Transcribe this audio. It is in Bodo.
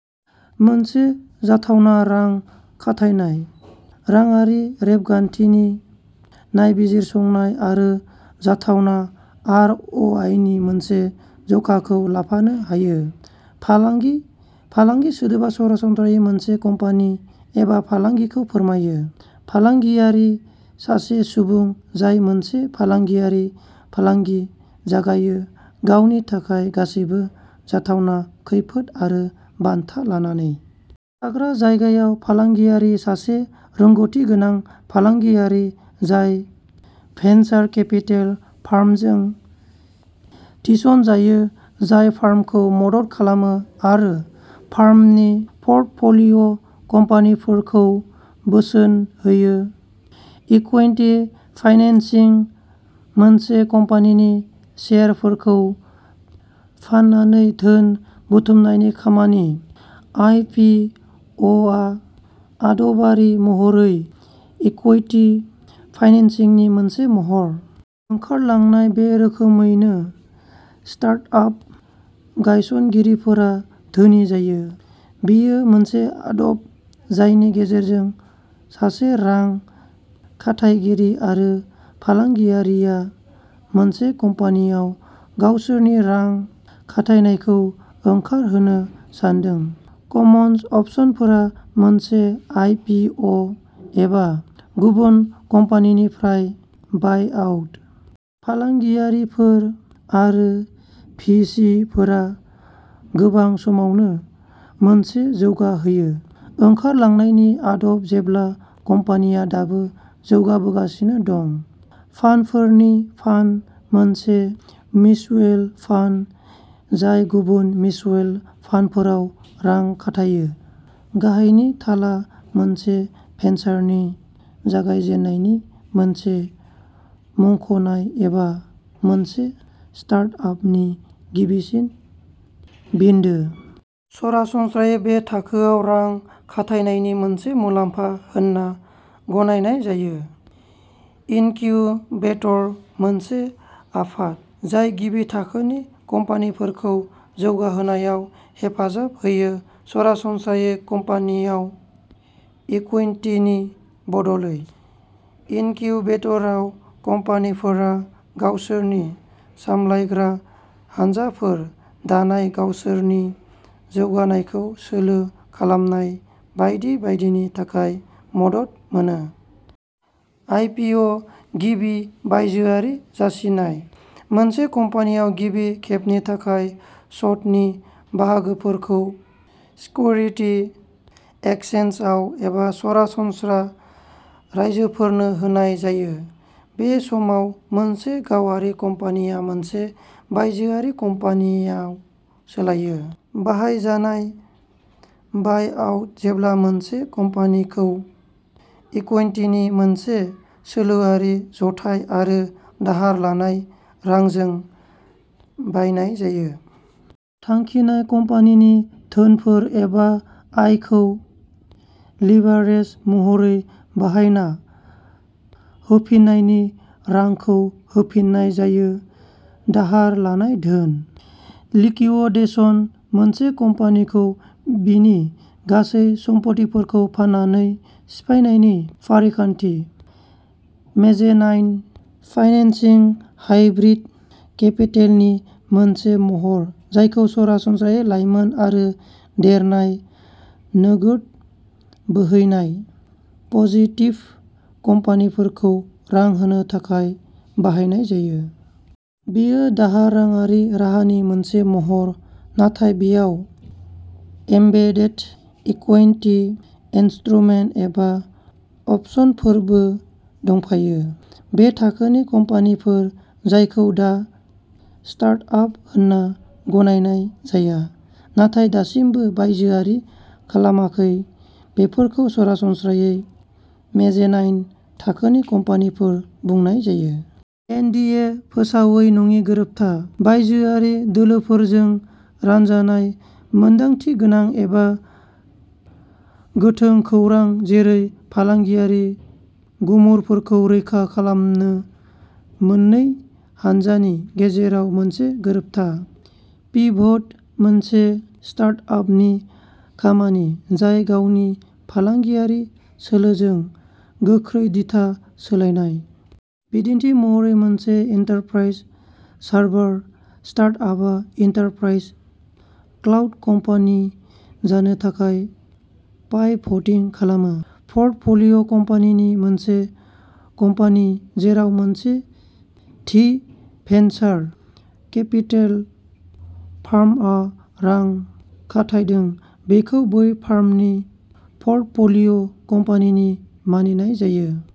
मोनसे जाथावना रां खाथायनाय। राङारि रेबगान्थिनि नायबिजिरसंनाय आरो जाथावना आर अ आइनि मोनसे जखाखौ लाफानो हायो। फालांगि फालांगि सोदोबा सरासनस्रायै मोनसे कम्पानि एबा फालांगिखौ फोरमायो। फालांगियारि सासे सुबुं जाय मोनसे फालांगियारि फालांगि जागायो गावनि थाखाय गासैबो जाथावना खैफोद आरो बान्था लानानै। थाग्रा जायगायाव फालांगियारि सासे रोंग'थि गोनां फालांगियारि जाय भेन्सार केपिटेल फार्मजों थिसनजायो जाय फार्मखौ मदद खालामो आरो फार्मनि पर्टफ'लिय' कम्पानिफोरखौ बोसोन होयो। इकुइटि फाइनेन्सिं मोनसे कम्पानिनि शेयारफोरखौ फाननानै धोन बुथुमनायनि खामानि। आइ पि अआ आदबारि महरै इकुइटि फाइनेन्सिंनि मोनसे महर। ओंखारलांनाय बे रोखोमैनो स्तार्टआप गायसनगिरिफोरा धोनि जायो। बेयो मोनसे आदब जायनि गेजेरजों सासे रां खाथायगिरि आरो फालांगियारिआ मोनसे कम्पानिआव गावसोरनि रां खाथायनायखौ ओंखारहोनो सानदों। कमन्स अपसनफोरा मोनसे आइ पि अ एबा गुबुन कम्पानिनिफ्राय बायआउट। फालांगियारिफोर आरो भि सि फोरा गोबां समावनो मोनसे जौगाहोयो। ओंखारलांनायनि आदब जेब्ला कम्पानिया दाबो जौगाबोगासिनो दं। फान्डफोरनि फान्ड मोनसे मिउचुयेल फान्ड जाय गुबुन मिउचुयेल फान्डफोराव रां खाथायो। गाहायनि थाला मोनसे भेन्सारनि जागायजेन्नायनि मोनसे मुंख'नाय एबा मोनसे स्टार्टआपनि गिबिसिन बिन्दो। सरासनस्रायै बे थाखोआव रां खाथायनायनि मोनसे मुलाम्फा होनना गनायनाय जायो। इनकिउबेटर मोनसे आफाद जाय गिबि थाखोनि कम्पानिफोरखौ जौगाहोनायाव हेफाजाब होयो सरासनस्रायै कम्पानियाव इकुइटिनि बदलै। इनकिउबेटराव कम्पानिफोरा गावसोरनि सामलायग्रा हानजाफोर दानाय गावसोरनि जौगानायखौ सोलो खालामनाय बायदि बायदिनि थाखाय मदद मोनो। आइपिअ गिबि बायजोआरि जासिनाय। मोनसे कम्पानियाव गिबि खेबनि थाखाय सटकनि बाहागोफोरखौ सेक्युरिति एक्सचेन्जआव एबा सरासनस्रा राइजोफोरनो होनाय जायो। बे समाव मोनसे गावारि कम्पानिया मोनसे बायजोआरि कम्पानियाव सोलायो। बाहायजानाय बायआउट जेब्ला मोनसे कम्पानिखौ इकुइटिनि मोनसे सोलोआरि जथाय आरो दाहार लानाय रांजों बायनाय जायो। थांखिनाय कम्पानिनि धोनफोर एबा आयखौ लिभारेज महरै बाहायना होफिन्नायनि रांखौ होफिननाय जायो। दाहार लानाय धोन। लिकिवदेसन मोनसे कम्पानिखौ बिनि गासै सम्फथिफोरखौ फाननानै सिफायनायनि फारिखान्थि। मेजेनाइन फाइनेन्सिं हाइब्रिद केपिटेलनि मोनसे महर जायखौ सरासनस्रायै लाइमोन आरो देरनाय नोगोद बोहैनाय पजिटिभ कम्पानिफोरखौ रां होनो थाखाय बाहायनाय जायो। बेयो दाहार राङारि राहानि मोनसे महर नाथाय बेयाव एम्बेडेड इकुइनटि इन्स्ट्रुमेन्ट एबा अपसनफोरबो दंफायो। बे थाखोनि कम्पानिफोर जायखौ दा स्टार्टआप होनना गनायनाय जाया नाथाय दासिमबो बायजोआरि खालामाखै बेफोरखौ सरासनस्रायै मेजेनाइन थाखोनि कम्पानिफोर बुंनाय जायो। एन डि ए फोसावै नङि गोरोबथा। बायजोआरि दोलोफोरजों रानजानाय मोनदांथिगोनां एबा गोथों खौरां जेरै फालांगियारि गुमुरफोरखौ रैखा खालामनो मोननै हान्जानि गेजेराव मोनसे गोरोबथा। पिभट मोनसे स्टार्टआपनि खामानि जाय गावनि फालांगियारि सोलोजों गोख्रै दिथा सोलायनाय। बिदिन्थि महरै मोनसे एन्टारप्राइज सार्भार स्टार्टआपआ एन्टारप्राइज क्लाउड कम्पानि जानो थाखाय पाइभटिं खालामो। पर्टफ'लिय'कम्पानि मोनसे कम्पानि जेराव मोनसे थि भेन्सार केपिटेल फार्मआ रां खाथायदों बेखौ बै फार्मनि पर्टफ'लिय'कम्पानि मानिनाय जायो।